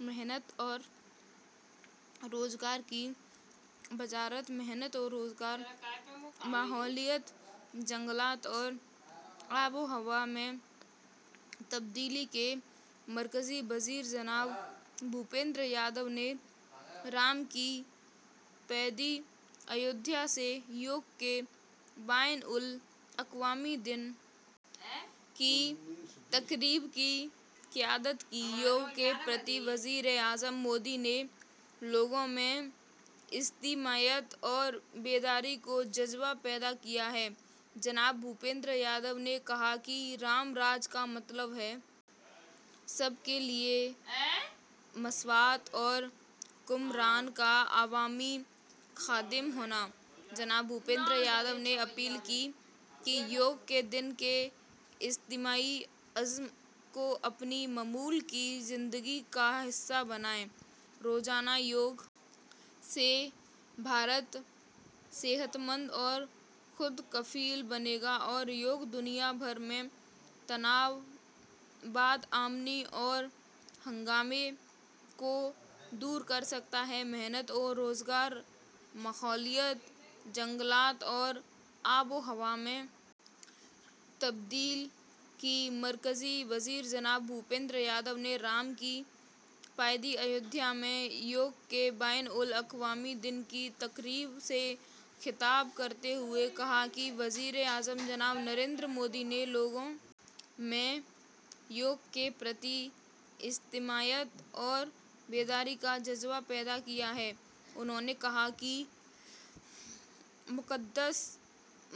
محنت اور روزگار کی وزارت محنت و روزگار ماحولیات جنگلات اور آب و ہوا میں تبدیلی کے مرکزی وزیر جناب بھوپیندر یادو نے رام کی پیڑی ایودھیا سے یوگ کے بین الاقوامی دن کی تقریب کی قیادت کی یوگ کے تئیں وزیر اعظم مودی نے لوگوں میں اجتماعیت اور بیداری کا جذبہ پیدا کیا ہے جناب بھوپیندر یادو نے کہا کہ رام راج کا مطلب ہے سب کے لیے مساوات اور حکمران کا عوامی خادم ہونا جناب بھوپیندر یادو نے اپیل کی کہ یوگ کے دن کے اجتماعی عزم کو اپنی معمول کی زندگی کا حصہ بنائیں روزانہ یوگ سے بھارت صحت مند اور خود کفیل بنے گا اور یوگ دنیا بھر میں تناؤ بدامنی اور ہنگامے کو دور کر سکتا ہے محنت و روزگار ماحولیات جنگلات اور آب و ہوا میں تبدیلی کے مرکزی وزیر جناب بھوپیندر یادو نے رام کی پیڑی ایودھیا میں یوگ کے بین الاقوامی دن کی تقریب سے خطاب کرتے ہوئے کہا کہ وزیر اعظم جناب نریندر مودی نے لوگوں میں یوگ کے تئیں اجتماعیت اور بیداری کا جذبہ پیدا کیا ہے انہوں نے کہا کہ مقدس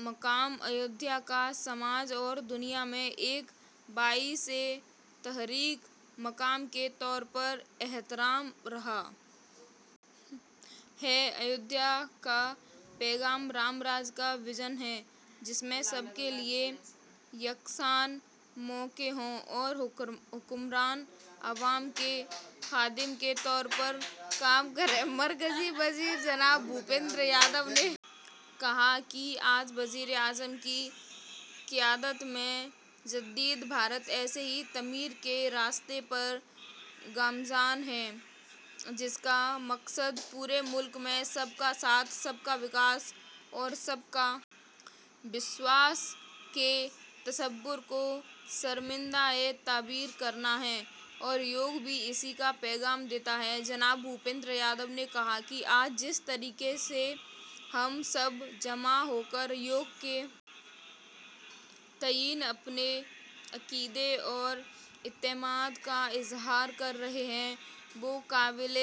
مقام ایودھیا کا سماج اور دنیا میں ایک باعث تحریک مقام کے طور پر احترام رہا ہے ایودھیا کا پیغام رام راج کا ویژن ہے جس میں سب کے لیے یکساں مواقع ہوں اور حکمران عوام کے خادم کے طور پر کام کرے مرکزی وزیر جناب بھوپیندر یادو نے کہا کہ آج وزیر اعظم کی قیادت میں جدید بھارت ایسے ہی تعمیر کے راستے پر گامزن ہے جس کا مقصد پورے ملک میں سب کا ساتھ سب کا وکاس اور سب کا وشواس کے تصور کو شرمندہ تعبیر کرنا ہے اور یوگ بھی اسی کا پیغام دیتا ہے جناب بھوپیندر یادو نے کہا کہ آج جس طرح سے ہم سب جمع ہو کر یوگ کے تئیں اپنے عقیدے اور اعتماد کا اظہار کر رہے ہیں وہ قابل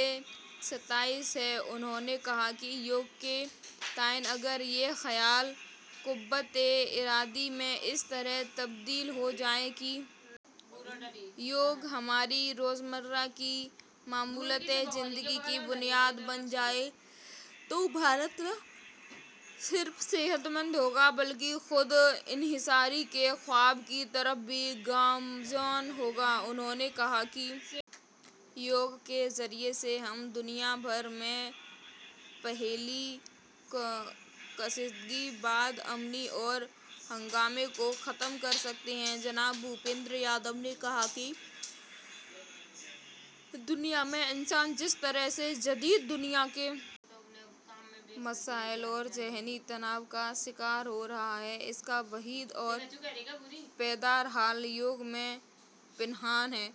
ستائش ہے انہوں نے کہا کہ یوگ کے تئیں اگر یہ خیال قوت ارادی میں اس طرح تبدیل ہو جائے کہ یوگ ہماری روزمرہ کی معمولات زندگی کی بنیاد بن جائے تو بھارت نہ صرف صحت مند ہو گا بلکہ خود انحصاری کے خواب کی طرف بھی گامزن ہو گا انہوں نے کہا کہ یوگ کے ذریعے سے ہم دنیا بھر میں پھیلی کشیدگی بدامنی اور ہنگامے کو ختم کر سکتے ہیں جناب بھوپیندر یادو نے کہا کہ دنیا میں انسان جس طرح سے جدید دنیا کے مسائل اور ذہنی تناؤ کا شکار ہو رہا ہے اس کا واحد اور پائیدار حل یوگ میں پنہاں ہے